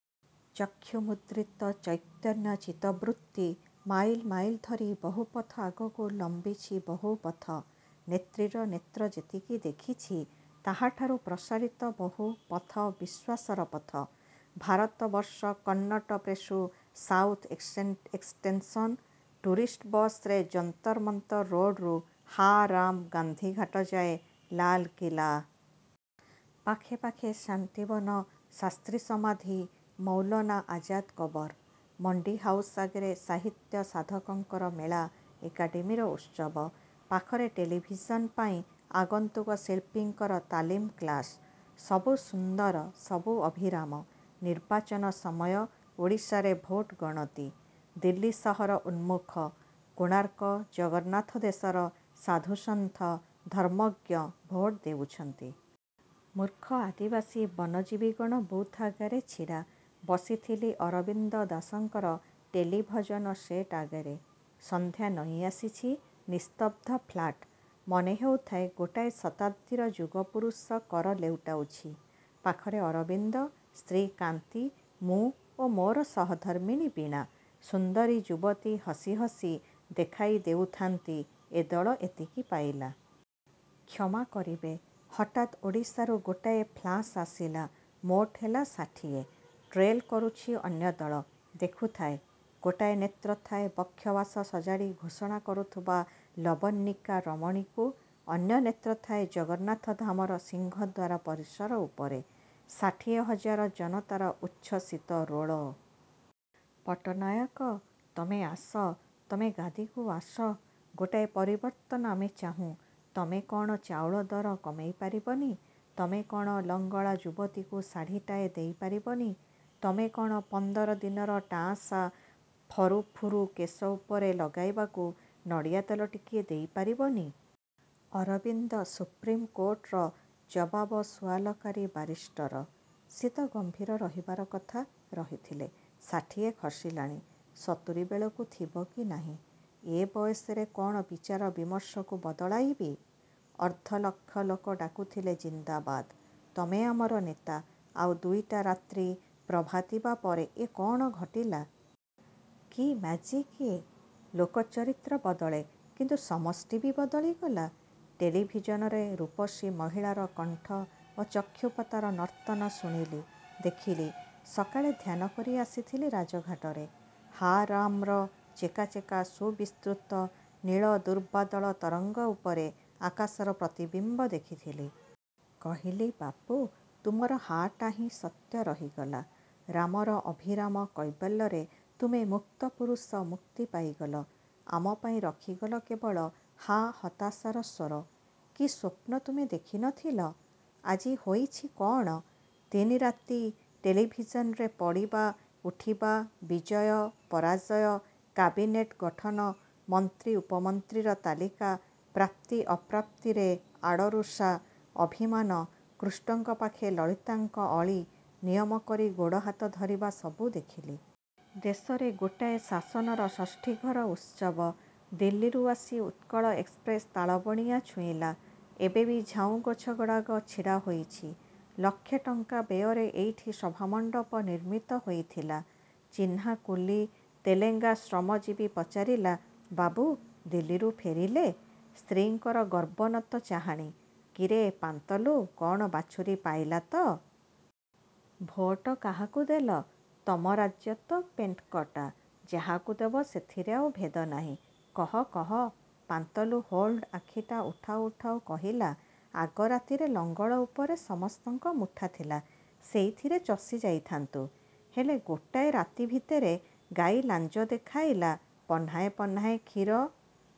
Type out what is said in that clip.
' ଚକ୍ଷୁ ମୁଦ୍ରିତ ଚୈତନ୍ୟ ଚିତ୍ତବୃତ୍ତି ମାଇଲ୍ ମାଇଲ୍ ଧରି ବହୁ ପଥ ଆଗକୁ ଲମ୍ବିଛି ବହୁ ପଥ... ନେତ୍ରୀର ନେତ୍ର ଯେତିକି ଦେଖିଛି, ତାହାଠାରୁ ପ୍ରସାରିତ ବହୁ ପଥ-ବିଶ୍ୱାସର ପଥ। ଭାରତବର୍ଷ କନ୍ନଟପ୍ରେସ୍ରୁ ସାଉଥ୍ ଏକ୍ସଟେନସନ୍…. ଟୁରିଷ୍ଟ ବସରେ ଯନ୍ତର ମନ୍ତର ରୋଡ଼ରୁ "ହା ରାମ" ଗାନ୍ଧିଘାଟ ଯାଏ–ଲାଲ୍ କିଲ୍ଲା... ପାଖେ ପାଖେ ଶାନ୍ତିବନ-ଶାସ୍ତ୍ରୀ ସମାଧି-ମୌଲନା ଆଜାଦ୍ କବର। ମଣ୍ଡି ହାଉସ୍ ଆଗରେ ସାହିତ୍ୟ ସାଧକଙ୍କର ମେଳା-ଏକାଡ଼େମୀର ଉତ୍ସବ। ପାଖରେ ଟେଲିଭିଜନ୍ ପାଇଁ ଆଗନ୍ତୁକ ଶିଳ୍ପୀଙ୍କର ତାଲିମ୍ କ୍ଳାସ୍। ସବୁ ସୁନ୍ଦର, ସବୁ ଅଭିରାମ। ନର୍ବାଚନ ସମୟ, ଓଡ଼ିଶାରେ ଭୋଟ ଗଣତି। ଦିଲ୍ଲୀ ସହର ଉନ୍ମୁଖ... କୋଣାର୍କ, ଜଗନ୍ନାଥ ଦେଶର ସାଧୁ ସନ୍ଥ, ଧର୍ମଜ୍ଞ ଭୋଟ ଦେଉଛନ୍ତି। ମୂର୍ଖ ଆଦିବାସୀ ବନଜୀବିଗଣ ବୁଥ୍ ଆଗରେ ଛିଡ଼ା। ବସିଥିଲି ଅରବିନ୍ଦ ଦାସଙ୍କର ଟେଲିଭଜନ ସେଟ୍ ଆଗରେ। ସନ୍ଧ୍ୟା ନଇଁଆସିଛି। ନିସ୍ତବ୍ଧ ଫ୍ଲାଟ୍। ମନେହେଉଥାଏ ଗୋଟାଏ ଶତାବ୍ଦୀର ଯୁଗପୁରୁଷ କର ଲେଉଟାଉଛି। ପଖରେ ଅରବିନ୍ଦ, ସ୍ତ୍ରୀ କାନ୍ତି, ମୁଁ ଓ ମୋର ସହଧର୍ମିଣୀ ବୀଣା.. ସୁନ୍ଦରୀ ଯୁବତି ହସି ହସି ଦେଖାଇଦେଉଥାନ୍ତି–ଏ ଦଳ ଏତିକି ପାଇଲା। କ୍ଷମା କରିବେ, ହଠାତ୍ ଓଡ଼ିଶାରୁ ଗୋଟାଏ ଫ୍ଲାସ୍ ଆସିଲା। ମୋଟ ହେଲା ଷାଠିଏ। ଟ୍ରେଲ୍ କରୁଛି ଅନ୍ୟ ଦଳ। ଦେଖୁଥାଏ। ଗୋଟାଏ ନେତ୍ର ଥାଏ ବକ୍ଷବାସ ସଜାଡ଼ି ଘୋଷଣା କରୁଥିବା ଲବଣ୍ୟିକା ରମଣୀକୁ, ଅନ୍ୟ ନେତ୍ର ଥାଏ ଜଗନ୍ନାଥ ଧାମର ସିଂହଦ୍ଵାର ପରିସର ଉପରେ। ଷାଠିଏ ହଜାର ଜନତାର ଉଚ୍ଛ୍ଵସିତ ରୋଳ…. ପଟ୍ଟନାୟକ, ତମେ ଆସ, ତମେ ଗାଦିକୁ ଆସ; ଗୋଟାଏ ପରିବର୍ତ୍ତନ ଆମେ ଚାହୁଁ। ତମେ କଅଣ ଚାଉଳ ଦର କମେଇ ପାରିବନି? ତମେ କଅଣ ଲଙ୍ଗଳା ଯୁବତୀକୁ ଶାଢ଼ିଟାଏ ଦେଇପାରିବନି? ତମେ କଅଣ ପନ୍ଦର ଦିନର ଟାଆଁସା ଫରୁ-ଫୁରୁ କେଶ ଉପରେ ଲଗାଇବାକୁ ନଡ଼ିଆତେଲ ଟିକିଏ ଦେଇ ପାରିବନି? ଅରବିନ୍ଦ ସୁପ୍ରିମ୍ କୋର୍ଟର ଜବାବସୁଆଲକାରୀ ବାରିଷ୍ଟର। ସେ ତ ଗମ୍ଭୀର ରହିବାର କଥା, ରହିଥିଲେ। ଷାଠିଏ ଖସିଲାଣି। ସତୁରୀବେଳକୁ ଥିବ କି ନାହିଁ। ଏ ବୟସରେ କଅଣ ବିଚାର ବିମର୍ଷକୁ ବଦଳାଇବି? ଅର୍ଦ୍ଧ ଲକ୍ଷ ଲୋକ ଡାକୁଥିଲେ ଜିନ୍ଦାବାଦ। ତମେ ଆମର ନେତା….. ଆଉ ଦୁଇଟା ରାତ୍ରି ପ୍ରଭାତିବା ପରେ ଏ କଅଣ ଘଟିଲା? କି ମ୍ୟାଜିକ୍ ଏ? ଲୋକ-ଚରିତ୍ର ବଦଳେ; କିନ୍ତୁ ସମଷ୍ଟି ବି ବଦଳିଗଲା? ଟେଲିଭିଜନରେ ରୂପସୀ ମହିଳାର କଣ୍ଠ ଓ ଚକ୍ଷୁପତାର ନର୍ତ୍ତନ ଶୁଣିଲ, ଦେଖିଲି। ସକାଳେ ଧ୍ୟାନ କରି ଆସିଥିଲି ରାଜଘାଟରେ। 'ହାରାମ'ର ଚେକା ଚେକା ସୁବିସ୍ତୃତ ନୀଳ ଦୁର୍ବାଦଳ ତରଙ୍ଗ ଉପରେ ଆକାଶର ପ୍ରତିବିମ୍ବ ଦେଖିଥିଲି। କହିଲି–ବାପୁ, ତୁମର 'ହା'ଟା ହିଁ ସତ୍ୟ ରହିଗଲା। ରାମର ଅଭିରାମ କୈବଲ୍ୟରେ ତୁମେ ମୁକ୍ତ-ପୁରୁଷ ମୁକ୍ତି ପାଇଗଲ। ଆମପାଇଁ ରଖିଗଲ କେବଳ ହା-ହତାଶାର ସ୍ୱର। କି ସ୍ଵପ୍ନ ତୁମେ ନ ଦେଖିଥିଲ? ଆଜି ହୋଇଛି କଅଣ? ତିନି ରାତି ଟେଲିଭିଜନରେ ପଡ଼ିବା, ଉଠିବା, ବିଜୟ, ପରାଜୟ, କାବିନେଟ୍ ଗଠନ, ମନ୍ତ୍ରୀ ଉପମନ୍ତ୍ରୀର ତାଲିକା, ପ୍ରାପ୍ତି ଅପ୍ରାପ୍ତିରେ ଆଡ଼-ରୁଷା, ଅଭିମାନ, କୃଷ୍ଣଙ୍କପାଖେ ଲଳିତାଙ୍କ ଅଳି, ନିୟମକରି ଗୋଡ଼ ହାତ ଧରିବା ସବୁ ଦେଖିଲି। ଦେଶରେ ଗୋଟାଏ ଶାସନର ଷଷ୍ଠୀଘର ଉତ୍ସବ। ଦିଲ୍ଲୀରୁ ଆସି ଉତ୍କଳ ଏକ୍ସପ୍ରେସ୍ ତାଳବଣିଆ ଛୁଇଁଲା। ଏବେ ବି ଝାଉଁଗଛଗୁଡ଼ାକ ଛିଡ଼ା ହୋଇଛି। ଲକ୍ଷେ ଟଙ୍କା ବ୍ୟୟରେ ଏଇଠି ସଭାମଣ୍ଡପ ନିର୍ମିତ ହୋଇଥିଲା। ଚିହ୍ନା କୁଲୀ, ତେଲେଙ୍ଗା ଶ୍ରମଜୀବୀ ପଚାରିଲା–ବାବୁ, ଦିଲ୍ଲୀରୁ ଫେରିଲେ? ସ୍ତ୍ରୀଙ୍କର ଗର୍ବୋନ୍ନତ ଚାହାଣି… କିରେ ପାନ୍ତଲୁ କଅଣ ବାଛୁରୀ ପାଇଲା ତ? ଭୋଟ କାହାକୁ ଦେଲ? ତମ ରାଜ୍ୟ ତ ପେଣ୍ଟ୍କଟା, ଯାହାକୁ ଦେବ ସେଥିରେ ଆଉ ଭେଦନାହିଁ। କହ, କହ– ପାନ୍ତଲୁ ହୋଲ୍ଡ଼ ଆଖିଟା ଉଠାଉ ଉଠାଉ କହିଲା–ଆଗ ରାତିରେ ଲଙ୍ଗଳ ଉପରେ ସମସ୍ତଙ୍କ ମୁଠା ଥିଲା, ସେଇଥିରେ ଚଷିଯାଇଥାନ୍ତୁ। ହେଲେ ଗୋଟାଏ ରାତି ଭିତରେ ଗାଈ ଲାଞ୍ଜ ଦେଖାଇଲା; ପହ୍ନାରେ ପହ୍ନାଏ କ୍ଷୀର…